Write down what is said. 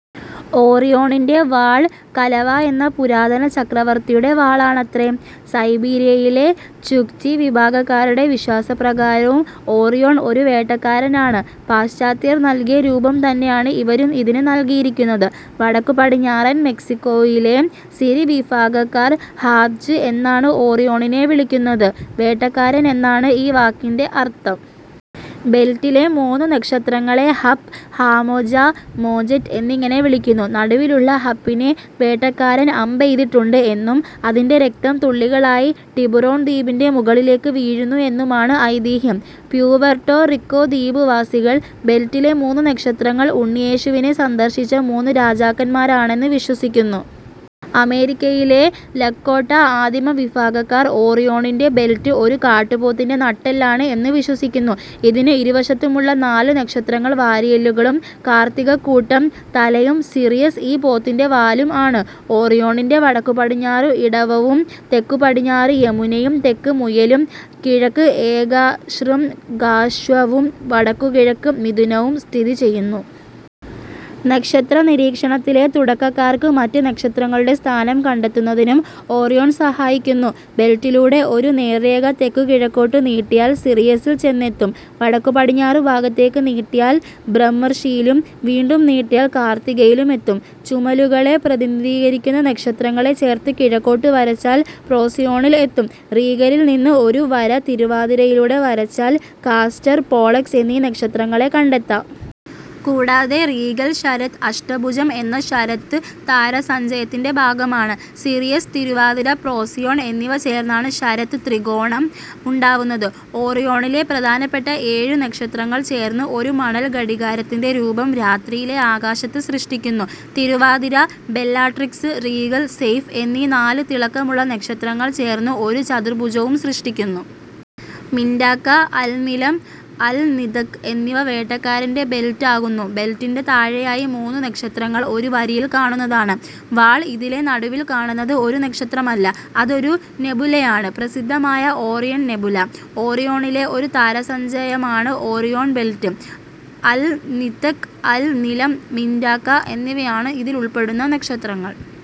ഓറിയോണിന്റെ വാൾ കലവാ എന്ന പുരാതന ചക്രവർത്തിയുടെ വാളാണത്രെ. സൈബീരിയയിലെ ചുക്ചി വിഭാഗക്കാരുടെ വിശ്വാസപ്രകാരവും ഓറിയോൺ ഒരു വേട്ടക്കാരനാണ്. പാശ്ചാത്യർ നൽകിയ രൂപം തന്നെയാണ് ഇവരും ഇതിന് നൽകിയിരിക്കുന്നത്. വടക്കു പടിഞ്ഞാറൻ മെക്സിക്കോയിലെ സിരി വിഭാഗക്കാർ ഹാപ്ജ് എന്നാണ് ഓറിയോണിനെ വിളിക്കുന്നത്. വേട്ടക്കാരൻ എന്നാണ് ഈ വാക്കിന്റെ അർത്ഥം. ബെൽറ്റിലെ മൂന്നു നക്ഷത്രങ്ങളെ ഹപ്, ഹാമോജ, മോജെറ്റ് എന്നിങ്ങനെ വിളിക്കുന്നു. നടുവിലുള്ള ഹപിനെ വേട്ടക്കാരൻ അമ്പെയ്തിട്ടുണ്ട് എന്നും അതിന്റെ രക്തം തുള്ളികളായി ടിബുറോൺ ദ്വീപിന്റെ മുകളിലേക്കു വീഴുന്നു എന്നുമാണ് ഐതിഹ്യം. പ്യൂവെർട്ടോ റിക്കോ ദ്വീപുവാസികൾ ബെൽറ്റിലെ മൂന്നു നക്ഷത്രങ്ങൾ ഉണ്ണിയേശുവിനെ സന്ദർശിച്ച മൂന്നു രാജാക്കന്മാരാണെന്നു വിശ്വസിക്കുന്നു. അമേരിക്കയിലെ ലക്കോട്ട ആദിമ വിഭാഗക്കാർ ഓറിയോണിന്റെ ബെൽറ്റ് ഒരു കാട്ടുപോത്തിന്റെ നട്ടെല്ലാണ് എന്നു വിശ്വസിക്കുന്നു. ഇതിനു് ഇരുവശത്തുമുള്ള നാലു നക്ഷത്രങ്ങൾ വാരിയെല്ലുകളും കാർത്തികക്കൂട്ടം തലയും സിറിയസ് ഈ പോത്തിന്റെ വാലും ആണ്. ഓറിയോണിന്റെ വടക്കുപടിഞ്ഞാറു ഇടവവും തെക്കുപടിഞ്ഞാറു യമുനയും തെക്ക് മുയലും കിഴക്ക് ഏകശൃംഗാശ്വവും വടക്കുകിഴക്ക് മിഥുനവും സ്ഥിതി ചെയ്യുന്നു. നക്ഷത്ര നിരീക്ഷണത്തിലെ തുടക്കക്കാർക്ക് മറ്റു നക്ഷത്രങ്ങളുടെ സ്ഥാനം കണ്ടെത്തുന്നതിനും ഒറിയോൺ സഹായിക്കുന്നു. ബെൽറ്റിലൂടെ ഒരു നേർരേഖ തെക്കുകിഴക്കോട്ട് നീട്ടിയാൽ സിറിയസിൽ ചെന്നെത്തും. വടക്കുപടിഞ്ഞാറു ഭാഗത്തേക്കു നീട്ടിയാൽ ബ്രഹ്മർഷിയിലും, വീണ്ടും നീട്ടിയാൽ കാർത്തികയിലും എത്തും. ചുമലുകളെ പ്രതിനിധീകരിക്കുന്ന നക്ഷത്രങ്ങളെ ചേർത്ത് കിഴക്കോട്ടു വരച്ചാൽ പ്രോസിയോണിൽ എത്തും. റീഗലിൽ നിന്ന് ഒരു വര തിരുവാതിരയിലൂടെ വരച്ചാൽ കാസ്റ്റർ, പോളക്സ് എന്നീ നക്ഷത്രങ്ങളെ കണ്ടെത്താം. കൂടാതെ റീഗൽ ശരത് അഷ്ടഭുജം എന്ന ശരത് താരസഞ്ചയത്തിന്റെ ഭാഗമാണ്. സിറിയസ്, തിരുവാതിര, പ്രോസിയോൺ എന്നിവ ചേർന്നാണ് ശരത് ത്രികോണം ഉണ്ടാവുന്നത്. ഓറിയോണിലെ പ്രധാനപ്പെട്ട ഏഴു നക്ഷത്രങ്ങൾ ചേർന്ന് ഒരു മണൽ ഘടികാരത്തിന്റെ രൂപം രാത്രിയിലെ ആകാശത്ത് സൃഷ്ടിക്കുന്നു. തിരുവാതിര, ബെല്ലാട്രിക്സ്, റീഗൽ, സെയ്ഫ് എന്നീ നാലു തിളക്കമുള്ള നക്ഷത്രങ്ങൾ ചേർന്ന് ഒരു ചതുർഭുജവും സൃഷ്ടിക്കുന്നു. മിന്റാക്ക, അൽനിലം, അൽനിതക് എന്നിവ വേട്ടക്കാരന്റെ ബെൽറ്റ് ആകുന്നു. ബെൽറ്റിന്റെ താഴെയായി മൂന്നു നക്ഷത്രങ്ങൾ ഒരു വരിയിൽ കാണുന്നതാണ് വാൾ. ഇതിലെ നടുവിൽ കാണുന്നത് ഒരു നക്ഷത്രമല്ല. അതൊരു നെബുലയാണ്. പ്രസിദ്ധമായ ഓറിയൺ നെബുല. ഓറിയോണിലെ ഒരു താരസഞ്ചയമാണ് Orion belt. Alnitak, Alnilam, Mintaka എന്നിവയാണ് ഇതിലുൾപ്പെടുന്ന നക്ഷത്രങ്ങൾ.